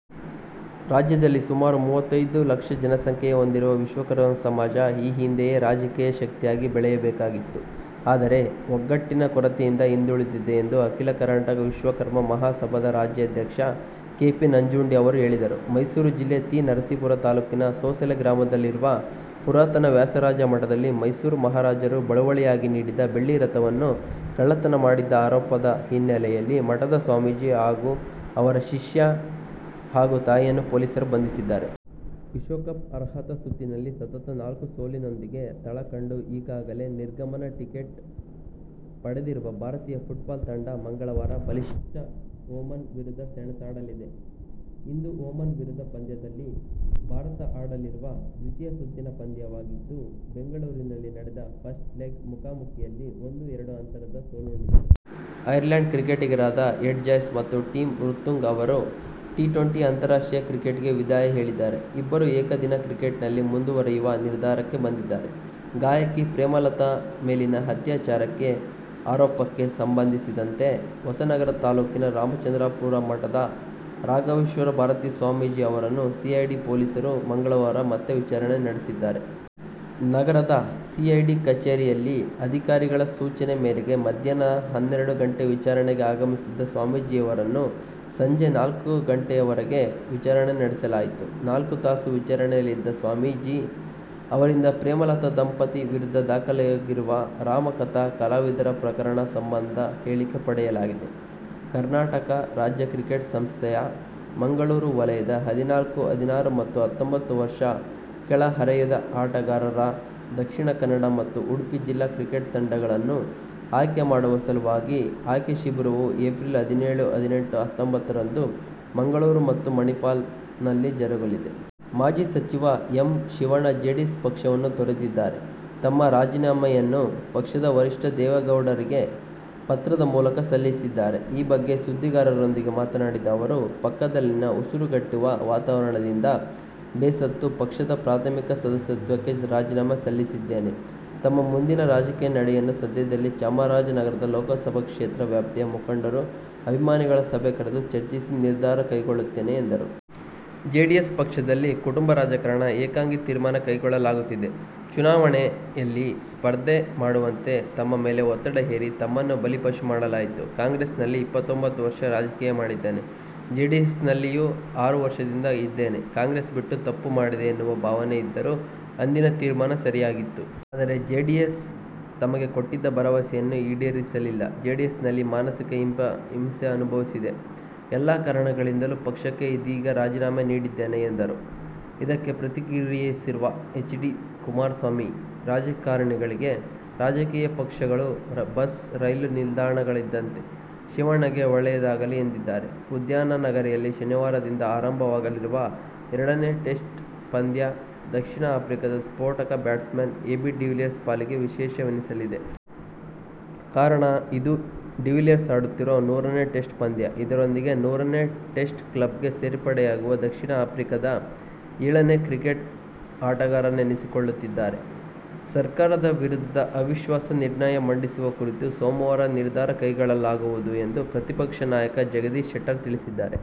ರಾಜ್ಯದಲ್ಲಿ ಸುಮಾರು ಮೂವತ್ತೈದು ಲಕ್ಷ ಜನಸಂಖ್ಯೆ ಹೊಂದಿರುವ ವಿಶ್ವಕರ್ಮ ಸಮಾಜ ಈ ಹಿಂದೆಯೇ ರಾಜಕೀಯ ಶಕ್ತಿಯಾಗಿ ಬೆಳೆಯಬೇಕಿತ್ತು. ಆದರೆ, ಒಗ್ಗಟ್ಟಿನ ಕೊರತೆಯಿಂದ ಹಿಂದುಳಿದಿದೆ ಎಂದು ಅಖಿಲ ಕರ್ನಾಟಕ ವಿಶ್ವಕರ್ಮ ಮಹಾಸಭಾದ ರಾಜ್ಯಾಧ್ಯಕ್ಷ ಕೆ. ಪಿ. ನಂಜುಂಡಿ ಹೇಳಿದರು. ಮೈಸೂರು ಜಿಲ್ಲೆ ತಿ. ನರಸೀಪುರ ತಾಲೂಕಿನ ಸೋಸಲೆ ಗ್ರಾಮದಲ್ಲಿರುವ ಪುರಾತನ ವ್ಯಾಸರಾಜ ಮಠದಲ್ಲಿ ಮೈಸೂರು ಮಹಾರಾಜರು ಬಳುವಳಿಯಾಗಿ ನೀಡಿದ್ದ ಬೆಳ್ಳಿರಥವನ್ನು ಕಳ್ಳತನ ಮಾಡಿದ್ದ ಆರೋಪದ ಹಿನ್ನೆಲೆಯಲ್ಲಿ ಮಠದ ಸ್ವಾಮೀಜಿ, ಅವರ ಶಿಷ್ಯ ಹಾಗೂ ತಾಯಿಯನ್ನು ಪೊಲೀಸರು ಬಂಧಿಸಿದ್ದಾರೆ. ವಿಶ್ವಕಪ್ ಅರ್ಹತಾ ಸುತ್ತಿನಲ್ಲಿ ಸತತ ನಾಲ್ಕು ಸೋಲಿನೊಂದಿಗೆ ತಳ ಕಂಡು ಈಗಾಗಲೇ ನಿರ್ಗಮನ ಟಿಕೆಟ್ ಪಡೆದಿರುವ ಭಾರತೀಯ ಫುಟ್ಬಾಲ್ ತಂಡ ಮಂಗಳವಾರ ಬಲಿಷ್ಠ ಒಮಾನ್ ವಿರುದ್ಧ ಸೆಣಸಲಿದೆ. ಇದು ಒಮಾನ್ ವಿರುದ್ಧ ಭಾರತ ಆಡಲಿರುವ ದ್ವಿತೀಯ ಸುತ್ತಿನ ಪಂದ್ಯವಾಗಿದ್ದು, ಬೆಂಗಳೂರಿನಲ್ಲಿ ನಡೆದ "ಫಸ್ಟ್ ಲೆಗ್' ಮುಖಾಮುಖಿಯಲ್ಲಿ ಒಂದು-ಎರಡು ಅಂತರದ ಸೋಲುಂಡಿತ್ತು. ಅಯರ್ಲ್ಯಾಂಡ್ ಕ್ರಿಕೆಟಿಗರಾದ ಎಡ್ ಜಾಯ್ಸ ಮತ್ತು ಟಿಮ್ ಮುರ್ತುಗ್ ಟಿ-ಟ್ವೆಂಟಿ ಅಂತಾರಾಷ್ಟ್ರೀಯ ಕ್ರಿಕೆಟಿಗೆ ವಿದಾಯ ಹೇಳಿದ್ದಾರೆ. ಇಬ್ಬರೂ ಏಕದಿನ ಕ್ರಿಕೆಟ್ನಲ್ಲಿ ಮುಂದುವರಿಯುವ ನಿರ್ಧಾರಕ್ಕೆ ಬಂದಿದ್ದಾರೆ. ಗಾಯಕಿ ಪ್ರೇಮಲತಾ ಮೇಲಿನ ಅತ್ಯಾಚಾರ ಆರೋಪಕ್ಕೆ ಸಂಬಂಧಿಸಿದಂತೆ ಹೊಸನಗರ ತಾಲೂಕಿನ ರಾಮಚಂದ್ರಾಪುರ ಮಠದ ರಾಘವೇಶ್ವರ ಭಾರತಿ ಸ್ವಾಮೀಜಿ ಅವರನ್ನು ಸಿಐಡಿ ಪೊಲೀಸರು ಮಂಗಳವಾರ ಮತ್ತೆ ವಿಚಾರಣೆ ನಡೆಸಿದ್ದಾರೆ. ನಗರದ ಸಿಐಡಿ ಕಚೇರಿಯಲ್ಲಿ ಅಧಿಕಾರಿಗಳ ಸೂಚನೆ ಮೇರೆಗೆ ಮಧ್ಯಾಹ್ನ ಹನ್ನೆರಡು ಗಂಟೆಗೆ ವಿಚಾರಣೆಗೆ ಆಗಮಿಸಿದ್ದ ಸ್ವಾಮೀಜಿಯವರನ್ನು ಸಂಜೆ ನಾಲ್ಕು ಗಂಟೆವರೆಗೆ ವಿಚಾರಣೆ ನಡೆಸಲಾಯಿತು. ನಾಲ್ಕು ತಾಸು ವಿಚಾರಣೆಯಲ್ಲಿ ಸ್ವಾಮೀಜಿ ಅವರಿಂದ ಪ್ರೇಮಲತಾ ದಂಪತಿ ವಿರುದ್ಧ ದಾಖಲಾಗಿರುವ ರಾಮಕಥಾ ಕಲಾವಿದರ ಪ್ರಕರಣ ಸಂಬಂಧ ಹೇಳಿಕೆ ಪಡೆಯಲಾಗಿದೆ. ಕರ್ನಾಟಕ ರಾಜ್ಯ ಕ್ರಿಕೆಟ್ ಸಂಸ್ಥೆಯ ಮಂಗಳೂರು ವಲಯದ ಹದಿನಾಲ್ಕು, ಹದಿನಾರು ಮತ್ತು ಹತ್ತೂಂಭತ್ತು ವರ್ಷ ಕೆಳಹರೆಯದ ಆಟಗಾರರ ದಕ್ಷಿಣಕನ್ನಡ ಮತ್ತು ಉಡುಪಿ ಜಿಲ್ಲಾ ಕ್ರಿಕೆಟ್ ತಂಡಗಳನ್ನು ಆಯ್ಕೆ ಮಾಡುವ ಸಲುವಾಗಿ ಆಯ್ಕೆ ಶಿಬಿರವು ಏಪ್ರಿಲ್ ಹದಿನೇಳು, ಹದಿನೆಂಟು, ಹತ್ತೊಂಬತ್ತ ರಂದು ಮಂಗಳೂರು ಮತ್ತು ಮಣಿಪಾಲದಲ್ಲಿ ಜರುಗಲಿದೆ. ಮಾಜಿ ಸಚಿವ ಎಂ. ಶಿವಣ್ಣ ಜೆಡಿಎಸ್ ಪಕ್ಷವನ್ನು ತೊರೆದಿದ್ದಾರೆ. ತಮ್ಮ ರಾಜೀನಾಮೆಯನ್ನು ಪಕ್ಷದ ವರಿಷ್ಠ ದೇವೇಗೌಡರಿಗೆ ಪತ್ರದ ಮೂಲಕ ಸಲ್ಲಿಸಿದ್ದಾರೆ. ಈ ಬಗ್ಗೆ ಸುದ್ದಿಗಾರರೊಂದಿಗೆ ಮಾತನಾಡಿದ ಅವರು, ಪಕ್ಷದಲ್ಲಿನ ಉಸಿರುಗಟ್ಟುವ ವಾತಾವರಣದಿಂದ ಬೇಸತ್ತು ಪಕ್ಷದ ಪ್ರಾಥಮಿಕ ಸದಸ್ಯತ್ವಕ್ಕೆ ರಾಜೀನಾಮೆ ಸಲ್ಲಿಸಿದ್ದೇನೆ. ತಮ್ಮ ಮುಂದಿನ ರಾಜಕೀಯ ನಡೆಯನ್ನು ಸದ್ಯದಲ್ಲಿ ಚಾಮರಾಜನಗರದ ಲೋಕಸಭಾ ಕ್ಷೇತ್ರ ವ್ಯಾಪ್ತಿಯ ಮುಖಂಡರು, ಅಭಿಮಾನಿಗಳ ಸಭೆ ಕರೆದು ಚರ್ಚಿಸಿ ನಿರ್ಧಾರ ಕೈಗೊಳ್ಳುತ್ತೇನೆ ಎಂದರು. ಜೆಡಿಎಸ್ ಪಕ್ಷದಲ್ಲಿ ಕುಟುಂಬ ರಾಜಕಾರಣ, ಏಕಾಂಗಿ ತೀರ್ಮಾನ ಕೈಗೊಳ್ಳಲಾಗುತ್ತಿದೆ. ಚುನಾವಣೆಯಲ್ಲಿ ಸ್ಪರ್ಧೆ ಮಾಡುವಂತೆ ತಮ್ಮ ಮೇಲೆ ಒತ್ತಡ ಹೇರಿ ತಮ್ಮನ್ನು ಬಲಿಪಶು ಮಾಡಲಾಯಿತು. ಕಾಂಗ್ರೆಸ್ನಲ್ಲಿ ಇಪ್ಪತ್ತೊಂಬತ್ತು ವರ್ಷ ರಾಜಕೀಯ ಮಾಡಿದ್ದೇನೆ. ಜೆಡಿಎಸ್ನಲ್ಲಿ ಆರು ವರ್ಷದಿಂದ ಇದ್ದೇನೆ. ಕಾಂಗ್ರೆಸ್ ಬಿಟ್ಟು ತಪ್ಪು ಮಾಡಿದೆ ಎನ್ನುವ ಭಾವನೆ ಇದ್ದರೂ ಅಂದಿನ ತೀರ್ಮಾನ ಸರಿಯಾಗಿತ್ತು. ಆದರೆ ಜೆಡಿಎಸ್ ತಮಗೆ ಕೊಟ್ಟಿದ್ದ ಭರವಸೆಯನ್ನು ಈಡೇರಿಸಲಿಲ್ಲ. ಜೆಡಿಎಸ್ನಲ್ಲಿ ಮಾನಸಿಕ ಹಿಂಸೆ ಅನುಭವಿಸಿದೆ ಎಲ್ಲ ಕಾರಣಗಳಿಂದಲೂ ಪಕ್ಷಕ್ಕೆ ಇದೀಗ ರಾಜೀನಾಮೆ ನೀಡಿದ್ದೇನೆ ಎಂದರು. ಇದಕ್ಕೆ ಪ್ರತಿಕ್ರಿಯಿಸಿರುವ ಎಚ್. ಡಿ. ಕುಮಾರಸ್ಮಾಮಿ, ರಾಜಕಾರಣಿಗಳಿಗೆ ರಾಜಕೀಯ ಪಕ್ಷಗಳು ಬಸ್, ರೈಲು ನಿಲ್ದಾಣಗಳಿದ್ದಂತೆ. ಶಿವಣ್ಣಗೆ ಒಳ್ಳೆಯದಾಗಲಿ ಎಂದಿದ್ದಾರೆ. ಉದ್ಯಾನನಗರಿಯಲ್ಲಿ ಶನಿವಾರದಿಂದ ಆರಂಭವಾಗಲಿರುವ ಎರಡನೇ ಟೆಸ್ಟ್ ಪಂದ್ಯ ದಕ್ಷಿಣ ಆಫ್ರಿಕಾದ ಸ್ಫೋಟಕ ಬ್ಯಾಟ್ಸ್ಮನ್ ಎಬಿ ಡಿವಿಲಿಯರ್ ಪಾಲಿಗೆ ವಿಶೇಷವೆನಿಸಲಿದೆ. ಕಾರಣ, ಇದು ಡಿವಿಲಿಯರ್ ಆಡುತ್ತಿರುವ ನೂರನೇ ಟೆಸ್ಟ್ ಪಂದ್ಯ. ಇದರೊಂದಿಗೆ ನೂರನೇ ಟೆಸ್ಟ್ ಕ್ಲಬ್ಗೆ ಸೇರ್ಪಡೆಯಾಗುವ ದಕ್ಷಿಣ ಆಫ್ರಿಕಾದ ಏಳನೇ ಕ್ರಿಕೆಟಿಗನೆನಿಸಿಕೊಳ್ಳಲಿದ್ದಾರೆ. ಸರ್ಕಾರದ ವಿರುದ್ಧ ಅವಿಶ್ವಾಸ ನಿರ್ಣಯ ಮಂಡಿಸುವ ಕುರಿತು ಸೋಮವಾರ ನಿರ್ಧಾರ ಕೈಗೊಳ್ಳಲಾಗುವುದು ಎಂದು ಪ್ರತಿಪಕ್ಷ ನಾಯಕ ಜಗದೀಶ್ ಶೆಟ್ಟರ್ ತಿಳಿಸಿದ್ದಾರೆ.